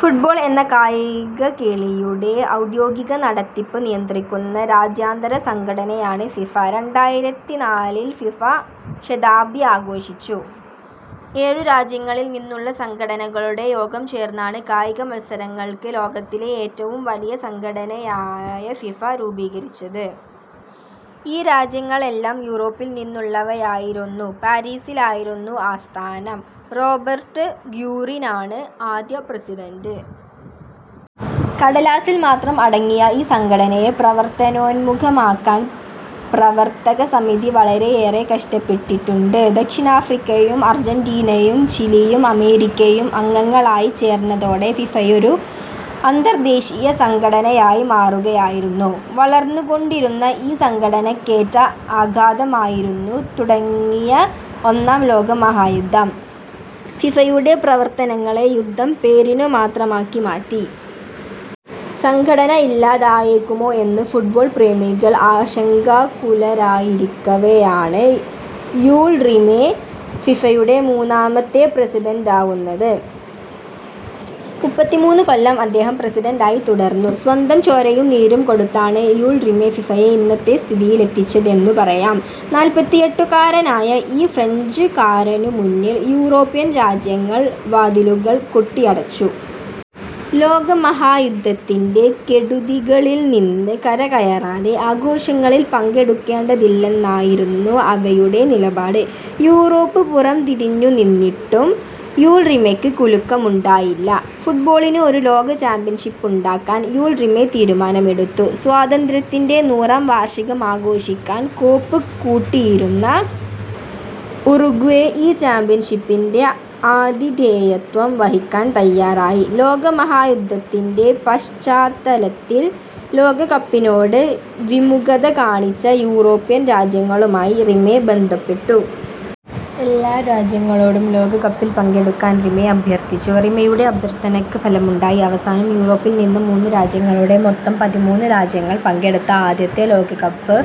Football എന്ന കായികകേളിയുടെ ഔദ്യോഗിക നടത്തിപ്പ് നിയന്ത്രിക്കുന്ന രാജ്യാന്തര സംഘടനയാണ് ഫിഫ. രണ്ടായിരത്തിനാലിൽ ഫിഫ ശതാബ്ദി ആഘോഷിച്ചു. ഏഴു രാജ്യങ്ങളിൽ നിന്നുളള സംഘടനകളുടെ യോഗം ചേർന്നാണ് കായികമത്സരങ്ങൾക്ക് ലോകത്തിലെ ഏറ്റവും വലിയ സംഘടനയായ ഫിഫ രൂപികരിച്ചത്. ഈ രാജ്യങ്ങളെല്ലാം യൂറോപ്പിൽനിന്നുള്ളവയായിരുന്നു. പാരീസിലായിരുന്നു ആസ്ഥാനം. റോബെർട്ട് ഗ്യൂറിനാണ് ആദ്യ പ്രസിഡന്റ്. കടലാസിൽ മാത്രം അടങ്ങിയ ഈ സംഘടനയെ പ്രവർത്തനോന്മുഖമാക്കാൻ പ്രവർത്തക സമിതി വളരെയേറെ കഷ്ടപ്പെട്ടിട്ടുണ്ട്. ദക്ഷിണാഫ്രിക്കയും അർജന്റീനയും ചിലിയും അമേരിക്കയും അംഗങ്ങളായി ചേർന്നതോടെ ഫിഫയൊരു അന്തർദ്ദേശീയ സംഘടനയായി മാറുകയായിരുന്നു. വളർന്ന് കൊണ്ടിരുന്ന ഈ സംഘടനക്കേറ്റ ആഘാതമായിരുന്നു തുടങ്ങിയ ഒന്നാം ലോകമഹായുദ്ധം. ഫിഫയുടെ പ്രവർത്തനങ്ങളെ യുദ്ധം പേരിനുമാത്രമാക്കി മാറ്റി. സംഘടന ഇല്ലാതായേക്കുമോ എന്ന് ഫുട്ബോൾ പ്രേമികൾ ആശങ്കാകുലരായിരിക്കവെയാണ് യൂൾ റിമെ ഫിഫയുടെ മൂന്നാമത്തെ പ്രസിഡന്റാവുന്നത്. മുപ്പത്തിമൂന്നു കൊല്ലം അദ്ദേഹം പ്രസിഡന്റായി തുടർന്നു. സ്വന്തം ചോരയും നീരും കൊടുത്താണ് യൂൾ റിമെ ഫിഫയെ ഇന്നത്തെ സ്ഥിതിയിലെത്തിച്ചതെന്നു പറയാം. നാല്പത്തിയെട്ടു കാരനായ ഈ ഫ്രഞ്ച്കാരനുമുന്നിൽ യൂറോപ്യൻ രാജ്യങ്ങൾ വാതിലുകൾ കൊട്ടിയടച്ചു. ലോകമഹായുദ്ധത്തിന്റെ കെടുതികളിൽനിന്ന് കരകയറാതെ ആഘോഷങ്ങളിൽ പങ്കെടുക്കേണ്ടതില്ലെന്നായിരുന്നു അവയുടെ നിലപാട്. യൂറോപ്പ് പുറംതിരിഞ്ഞുനിന്നിട്ടും യൂൾ റിമെക്ക് കുലുക്കമുണ്ടായില്ല. ഫുട്ബോളിന് ഒരു ലോക ചാമ്പ്യൻഷിപ്പുണ്ടാക്കാൻ യൂൾ റിമെ തീരുമാനമെടുത്തു. സ്വാതന്ത്ര്യത്തിന്റെ നൂറാം വാർഷികമാഘോഷിക്കാൻ കോപ്പ് കൂട്ടിയിരുന്ന ഉറുഗ്വെ ഈ ചാമ്പ്യൻഷിപ്പിന്റെ ആതിഥേയത്വം വഹിക്കാൻ തയ്യാറായി. ലോകമഹായുദ്ധത്തിന്റെ പശ്ചാത്തലത്തിൽ ലോകകപ്പിനോട് വിമുഖത കാണിച്ച യൂറോപ്യൻ രാജ്യങ്ങളുമായി റിമെ ബന്ധപ്പെട്ടു. എല്ലാ രാജ്യങ്ങളോടും ലോകകപ്പിൽ പങ്കെടുക്കാൻ റിമെ അഭ്യർത്ഥിച്ചു. റിമെയുടെ അഭ്യർത്ഥനയ്ക്ക് ഫലമുണ്ടായി. അവസാനം യൂറോപ്പിൽനിന്ന് മൂന്ന് രാജ്യങ്ങളോടെ, മൊത്തം പതിമൂന്ന് രാജ്യങ്ങൾ പങ്കെടുത്ത ആദ്യത്തെ ലോകകപ്പ്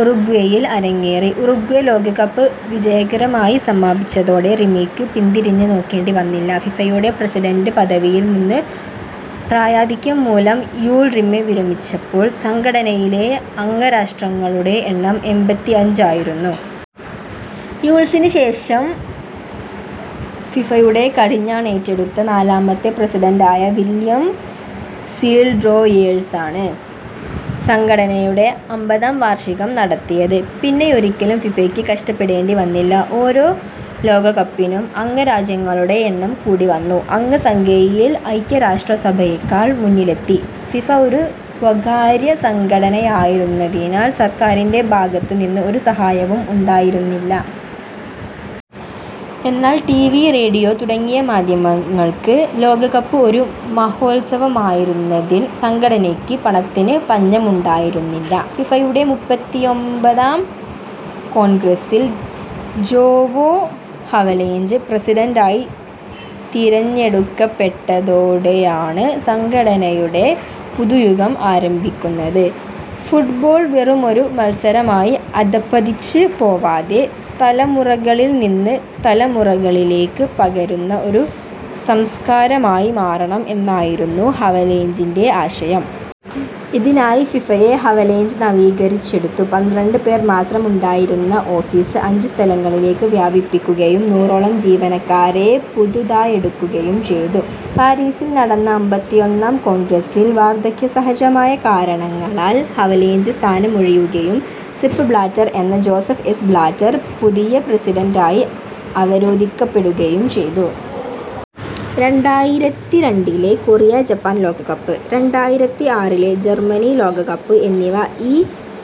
ഉറുഗ്വെയിൽ അരങ്ങേറി. ഉറുഗ്വെ ലോകകപ്പ് വിജയകരമായി സമാപിച്ചതോടെ റിമെയ്ക്കു പിന്തിരിഞ്ഞ് നോക്കേണ്ടി വന്നില്ല. ഫിഫയുടെ പ്രസിഡന്റ് പദവിയിൽ നിന്ന് പ്രായാധിക്യം മൂലം യൂൾ റിമെ വിരമിച്ചപ്പോൾ സംഘടനയിലെ അംഗരാഷ്ട്രങ്ങളുടെ എണ്ണം എമ്പത്തിഅഞ്ചായിരുന്നു. യൂൾസിന് ശേഷം ഫിഫയുടെ കടിഞ്ഞാണേറ്റെടുത്ത നാലാമത്തെ പ്രസിഡന്റായ വില്ല്യം സീൽഡ്രോയേഴ്സാണ് സംഘടനയുടെ അമ്പതാം വാർഷികം നടത്തിയത്. പിന്നെയൊരിക്കലും ഫിഫയ്ക്ക് കഷ്ടപ്പെടേണ്ടി വന്നില്ല. ഓരോ ലോകകപ്പിനും അംഗരാജ്യങ്ങളുടെ എണ്ണം കൂടിവന്നു. അംഗ സംഖ്യയിൽ ഐക്യ രാഷ്ട്ര സഭയെക്കാൾ മുന്നിലെത്തി. ഫിഫ ഒരു സ്വകാര്യ സംഘടനയായിരുന്നതിനാൽ സർക്കാരിന്റെ ഭാഗത്ത് നിന്ന് ഒരു സഹായവും ഉണ്ടായിരുന്നില്ല. എന്നാൽ ടിവി, റേഡിയോ തുടങ്ങിയ മാധ്യമങ്ങൾക്ക് ലോകകപ്പ് ഒരു മഹോത്സവമായിരുന്നതിൽ സംഘടനയ്ക്ക് പണത്തിന് പഞ്ഞമുണ്ടായിരുന്നില്ല. ഫിഫയുടെ മുപ്പത്തിയുമ്പതാം കോൺഗ്രസ്സിൽ ജോവോ ഹവലേഞ്ച് പ്രസിഡന്റായി തിരഞ്ഞെടുക്കപ്പെട്ടതോടെയാണ് സംഘടനയുടെ പുതുയുഗം ആരംഭിക്കുന്നത്. ഫുട്ബോൾ വെറുമൊരു മത്സരമായി അധ:പതിച്ച് പോവാതെ തലമുറകളിൽനിന്ന് തലമുറകളിലേക്ക് പകരുന്ന ഒരു സംസ്കാരമായി മാറണം എന്നായിരുന്നു ഹവലേഞ്ചിന്റെ ആശയം. ഇതിനായി ഫിഫയെ ഹവലേഞ്ച് നവീകരിച്ചെടുത്തു. പന്ത്രണ്ട് പേർ മാത്രമുണ്ടായിരുന്ന ഓഫീസ്, അഞ്ചു സ്ഥലങ്ങളിലേക്ക് വ്യാപിപ്പിക്കുകയും നൂറോളം ജീവനക്കാരെ പുതുതായെടുക്കുകയും ചെയ്തു. പാരീസിൽ നടന്ന അമ്പത്തിയൊന്നാം കോൺഗ്രസ്സിൽ വാർദ്ധക്യസഹജമായ കാരണങ്ങളാൽ ഹവലേഞ്ച് സ്ഥാനമൊഴിയുകയും സെപ് ബ്ലാറ്റർ എന്ന ജോസഫ് എസ്. ബ്ലാറ്റർ പുതിയ പ്രസിഡന്റായി അവരോധിക്കപ്പെടുകയും ചെയ്തു. രണ്ടായിരത്തിരണ്ടിലെ കൊറിയ ജപ്പാൻ ലോകകപ്പ്, രണ്ടായിരത്തിആറിലെ ജർമ്മനി ലോകകപ്പ് എന്നിവ ഈ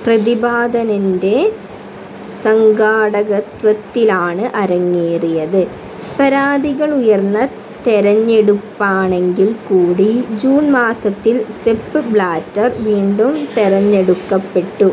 പ്രതിഭാധനന്റെ സംഘാടകത്വത്തിലാണ് അരങ്ങേറിയത്. പരാതികളുയർന്ന തെരഞ്ഞെടുപ്പാണെങ്കിൽക്കൂടി, ജൂൺ മാസത്തിൽ സെപ് ബ്ലാറ്റർ വീണ്ടും തെരഞ്ഞെടുക്കപ്പെട്ടു.